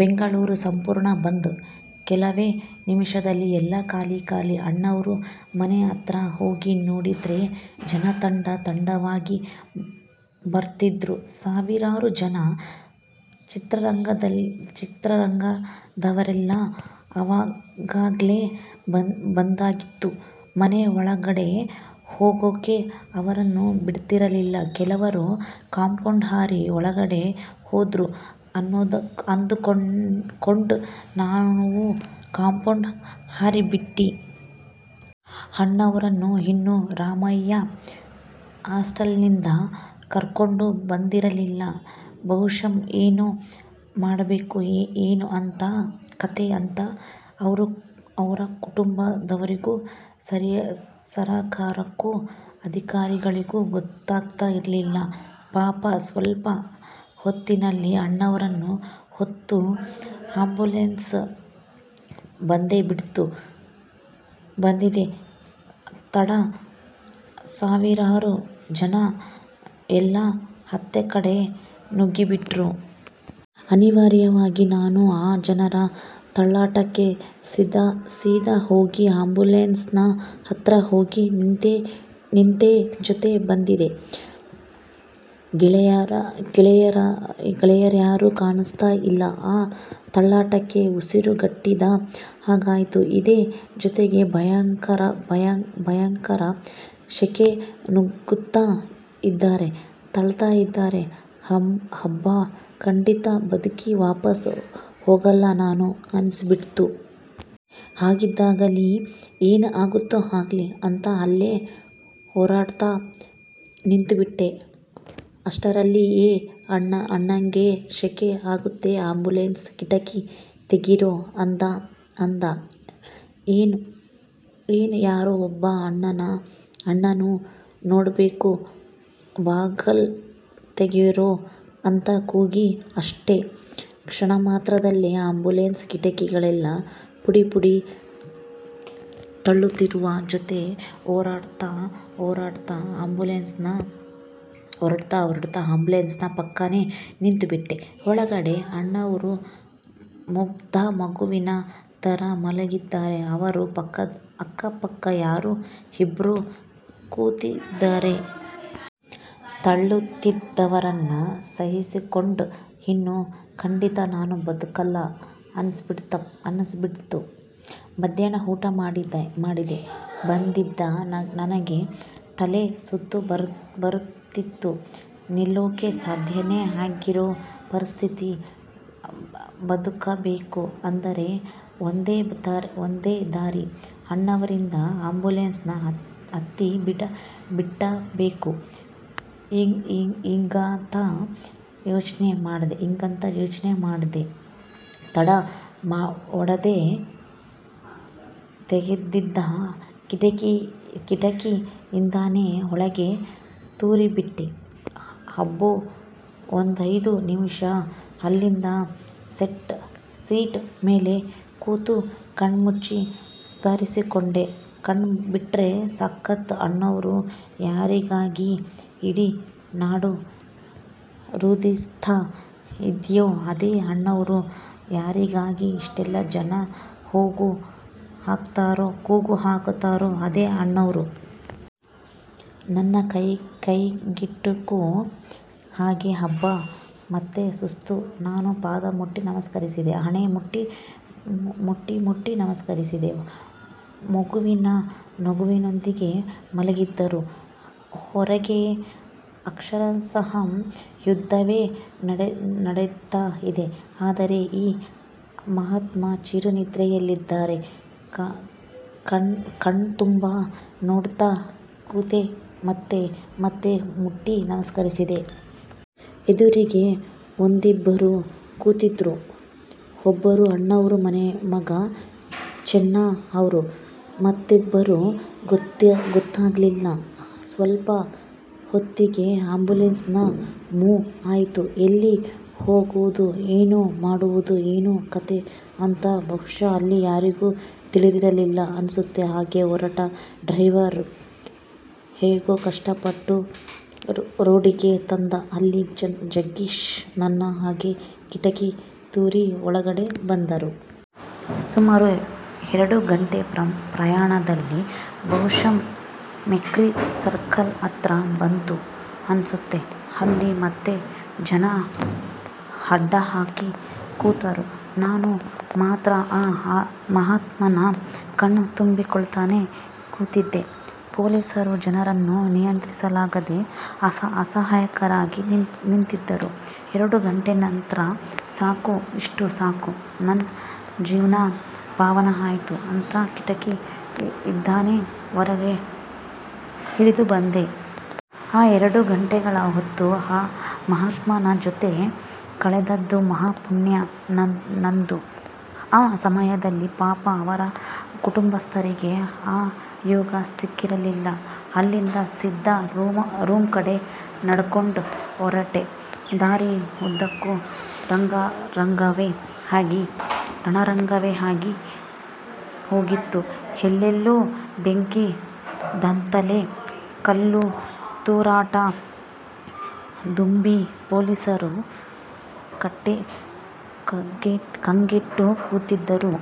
ಬೆಂಗಳೂರು ಸಂಪೂರ್ಣ ಬಂದ್. ಕೆಲವೇ ನಿಮಿಷದಲ್ಲಿ ಎಲ್ಲಾ ಖಾಲಿ ಖಾಲಿ, ಅಣ್ಣಾವ್ರ ಮನೆ ಹತ್ರ ಹೋಗಿ ನೋಡಿದ್ರೆ ಜನ ತಂಡ ತಂಡವಾಗಿ ಬರ್ತಿದ್ರು ಸಾವಿರಾರು ಜನ, ಚಿತ್ರರಂಗದವ್ರೆಲ್ಲ ಅವಾಗಾಗ್ಲೆ ಬಂದಾಗಿತ್ತು.. ಮನೆ ಒಳಗಡೆ ಹೋಗೋಕೆ ಯಾರನ್ನೂ ಬಿಡ್ತಿರ್ಲಿಲ್ಲ, ಕೆಲವರು ಕಾಂಪೌಂಡ್ ಹಾರಿ ಒಳಗಡೆ ಹೋದ್ರು, ಅದನ್ನೋಡಿಕೊಂಡ್ ನಾವೂ ಕಾಂಪೌಂಡ್ ಹಾರೆಬಿಟ್ವಿ. ಅಣ್ಣಾವ್ರನ್ನ ಇನ್ನೂ ರಾಮಯ್ಯ ಹಾಸ್ಪಿಟಲ್ನಿಂದ ಕರ್ಕೊಂಡ್ ಬಂದಿರಲಿಲ್ಲ, ಬಹುಶಃ ಏನ್ ಮಾಡ್ಬೇಕು, ಏನ್ ಕತೆ ಅಂತ ಅವ್ರ ಕುಟುಂಬದವ್ರಿಗೂ, ಸರಕಾರಕ್ಕೂ, ಅಧಿಕಾರಿಗಳಿಗೂ ಗೊತ್ತಾಗ್ತಾ ಇರ್ಲಿಲ್ಲ ಪಾಪ. ಸ್ವಲ್ಪ ಹೊತ್ತಿನಲ್ಲಿ ಅಣ್ಣಾವ್ರನ್ನ ಹೊತ್ತ ಅಂಬುಲನ್ಸ್ ಬಂದೇ ಬಿಡ್ತು. ಬಂದಿದ್ದೆ ತಡ ಸಾವಿರಾರು ಜನ ಎಲ್ಲ ಅತ್ತ ಕಡೆ ನುಗ್ಗಿಬಿಟ್ರು. ಅನಿವಾರ್ಯವಾಗಿ ನಾನೂ ಆ ಜನರ ತಳ್ಳಾಟಕ್ಕೆ ಸೀದಾ ಹೋಗಿ ಅಂಬುಲನ್ಸ್ ಹತ್ರ ಹೋಗಿ ನಿಂತೇ, ಜೊತೆ ಬಂದಿದ್ದ ಗೆಳೆಯರ್ಯಾರೂ ಕಾಣಿಸ್ತಾ ಇಲ್ಲ, ಆ ತಳ್ಳಾಟಕ್ಕೆ, ಉಸಿರು ಕಟ್ಟಿದ ಹಾಗಾಗ್ತಾ ಇದೆ. ಜೊತೆಗೆ ಭಯಂಕರ ಸೆಖೆ, ನುಗ್ಗತಾ ಇದಾರೆ, ತಳ್ತಾ ಇದಾರೆ. ಅಬ್ಬಾ ಖಂಡಿತ ಬದುಕಿ ವಾಪಸ್ ಹೋಗಲ್ಲ ನಾನು ಅನ್ನಿಸ್ಬಿಡ್ತು. ಆಗಿದ್ದಾಗಲಿ, ಏನ್ ಆಗತ್ತೊ ಆಗ್ಲಿ ಅಂತ ಅಲ್ಲೇ ಹೊರಾಡ್ತ ನಿಂತ್ಬಿಟ್ಟೆ. ಅಷ್ಟರಲ್ಲಿ "ಏ ಅಣ್ಣಂಗೆ ಸೆಖೆ ಆಗತ್ತೆ ಆಂಬುಲೆನ್ಸ್ ಕಿಟಕಿ ತೆಗಿರೋ ಅಂದ. ಇನ್ ಯಾರೊ ಒಬ್ಬ ಅಣ್ಣನ್ನ ನೋಡ್ಬೇಕು ಬಾಗಲ್ ತೆಗಿರೋ' ಅಂತ ಕೂಗಿದ. ಅಷ್ಟೇ.. ಕ್ಷಣಮಾತ್ರದಲ್ಲಿ ಅಂಬುಲನ್ಸ್ ಕಿಟಕಿಗಳೆಲ್ಲ ಪುಡಿ ಪುಡಿ. ತಳ್ಳುತ್ತಿದ್ದವರ ಜೊತೆ ಹೊರಾಡ್ತ ಹೊರಾಡ್ತ ಅಂಬುಲನ್ಸ್ ಪಕ್ಕಾನೆ ಬಂದ್ಬಿಟ್ಟೆ, ಒಳಗಡೆ ಅಣ್ಣಾವ್ರು ಮುಗ್ದ ಮಗುವಿನ ಥರ ಮಲಗಿದ್ದಾರೆ, ಅವ್ರ ಅಕ್ಕಪಕ್ಕ ಯಾರೋ ಇಬ್ರು ಕೂತಿದಾರೆ. ತಳ್ಳುತ್ತಿದ್ದವರನ್ನ ಸಹಿಸ್ಕೊಂಡ್ ಇನ್ನು ಖಂಡಿತ ನಾನು ಬದುಕಲ್ಲ ಅನ್ನಿಸ್ಬಿಡ್ತು. ಮಧ್ಯಾಹ್ನ ಊಟ ಮಾಡದೆ ಬಂದಿದ್ದ ನಂಗೆ ತಲೆ ಸುತ್ತು ಬರ್ತಿತ್ತು. ನಿಲ್ಲೋಕೆ ಸಾಧ್ಯನೆ ಆಗ್ದಿರೊ ಪರಿಸ್ಥಿತಿ, ಬದುಕಬೇಕು ಅಂದ್ರೆ ಒಂದೇ ದಾರಿ ಅಣ್ಣಾವ್ರಿದ್ದ ಅಂಬುಲನ್ಸ್ ಹತ್ತಿಬಿಡಬೇಕು ಹಿಂಗಂತ ಯೋಚ್ನೆ ಬಂದಿದ್ದೆ ತಡ, ಒಡೆದು ತೆಗದಿದ್ದ ಕಿಟಕಿಇಂದಾನೆ ಒಳಗೆ ತೂರಿಬಿಟ್ಟೆ, ಅಬ್ಬಾ ಒಂದೈದು ನಿಮಿಷ ಅಲ್ಲಿದ್ದ ಸೀಟ್ ಮೇಲೆ ಕೂತು ಕಣ್ಮುಚ್ಚಿ ಸುಧಾರಿಸಿಕೊಂಡೆ, ಕಣ್ ಬಿಟ್ರೆ ಸಾಕ್ಷಾತ್ ಅಣ್ಣಾವ್ರು, ಯಾರಿಗಾಗಿ ಇಡೀ ನಾಡು ರೋದಿಸ್ತಾ ಇದ್ಯೋ ಅದೇ ಅಣ್ಣಾವ್ರು, ಯಾರಿಗಾಗಿ ಇಷ್ಟೆಲ್ಲ ಜನ ಕೂಗು ಹಾಕ್ತಿದಾರೋ ಅದೇ ಅಣ್ಣಾವ್ರು.. ನನ್ನ ಕೈಗೆಟುಕೊ ಹಾಗೆ ಅಬ್ಬಾ, ಮತ್ತೆ ಸುಸ್ತು ನಾನು, ಪಾದ ಮುಟ್ಟಿ ನಮಸ್ಕರಿಸಿದೆ. ಹಣೆ ಮುಟ್ಟಿ ಮುಟ್ಟಿ ನಮಸ್ಕರಿಸಿದೆ, ಮಗುವಿನ ನಗುವಿನೊಂದಿಗೆ ಮಲಗಿದ್ರು, ಹೊರಗೆ ಅಕ್ಷರಶಃ ಯುದ್ಧವೇ ನಡೀತಾ ಇದೆ, ಆದ್ರೆ ಈ ಮಹಾತ್ಮ ಚಿರ ನಿದ್ರೆಲಿದಾರೆ. ಕಣ್ತುಂಬ ನೋಡ್ತಾ ಕೂತೆ, ಮತ್ತೆ ಮತ್ತೆ ಮುಟ್ಟಿ ನಮಸ್ಕರಿಸಿದೆ. ಎದುರಿಗೆ ಒಂದಿಬ್ಬರು ಕೂತಿದ್ರು, ಒಬ್ರು ಅಣ್ಣಾವ್ರ ಮನೆಮಗ ಚೆನ್ನ ಅವ್ರು, ಮತ್ತಿಬ್ಬರು ಗೊತ್ತಾಗ್ಲಿಲ್ಲ. ಸ್ವಲ್ಪ ಹೊತ್ತಿಗೆ ಅಂಬುಲನ್ಸ್ ಮೂವ್ ಆಯಿತು, ಎಲ್ಲಿ ಹೋಗೋದು, ಏನ್ ಮಾಡೋದು, ಏನ್ ಕತೆ ಅಂತ ಬಹುಶಃ ಅಲ್ಲಿ ಯಾರಿಗೂ ತಿಳಿದಿರಲಿಲ್ಲ ಅನ್ಸತ್ತೆ, ಹಾಗೆ ಹೊರಟ ಡ್ರೈವರ್ ಹೇಗೋ ಕಷ್ಟಪಟ್ಟು ರೋಡಿಗೆ ತಂದ, ಅಲ್ಲಿ ಜಗ್ಗೇಶ್ ನನ್ ಹಾಗೆ ಕಿಟಕಿ ತೂರಿ ಒಳಗಡೆ ಬಂದ್ರು. ಸುಮಾರು ಎರಡು ಗಂಟೆ ಪ್ರಯಾಣದಲ್ಲಿ ಬಹುಶಃ ಮೆಕ್ರಿ ಸರ್ಕಲ್ ಹತ್ರ ಬಂತು ಅನ್ಸತ್ತೆ, ಅಲ್ಲಿ ಮತ್ತೆ ಜನ ಅಡ್ಡ ಹಾಕಿ ಕೂತರು. ನಾನು ಮಾತ್ರ ಆ ಮಹಾತ್ಮನ್ನ ಕಣ್ ತುಂಬಿಕೊಳ್ತಾನೆ ಕೂತಿದ್ದೆ, ಪೊಲೀಸರು ಜನರನ್ನ ನಿಯಂತ್ರಿಸಲಾಗದೆ ಅಸಹಾಯಕರಾಗಿ ನಿಂತಿದ್ರು, ಎರಡು ಗಂಟೆ ನಂತ್ರ ಸಾಕು ಇಷ್ಟು ಸಾಕು ನನ್ ಜೀವ್ನ ಪಾವನ ಆಯಿತು ಅಂತ ಕಿಟಕಿ ಇಂದಾನೆ ಹೊರಗೆ ಇಳಿದುಬಂದೆ. ಆ ಎರಡು ಗಂಟೆಗಳ ಹೊತ್ತು ಆ ಮಹಾತ್ಮನ ಜೊತೆ ಕಳೆದದ್ದು ಮಹಾ ಪುಣ್ಯ ನಂದು. ಆ ಸಮಯದಲ್ಲಿ ಪಾಪ ಅವ್ರ ಕುಟುಂಬಸ್ತರಿಗೆ ಆ ಯೋಗ ಸಿಕ್ಕಿರಲಿಲ್ಲ, ಅಲ್ಲಿಂದ ಸೀದಾ ರೂಮ್ ಕಡೆ ನಡ್ಕೊಂಡ್ ಹೊರಟೆ ದಾರಿ ಉದ್ದಕೂ ರಣರಂಗವೆ ಆಗಿ ಹೋಗಿತ್ತು, ಎಲ್ಲೆಲ್ಲೂ ಬೆಂಕಿ, ದಾಂಧಲೆ, ಕಲ್ಲು ತೂರಾಟ, ದೊಂಬಿ, ಪೊಲೀಸರು ಕಂಗೆಟ್ಟು ಕೂತಿದ್ದರು.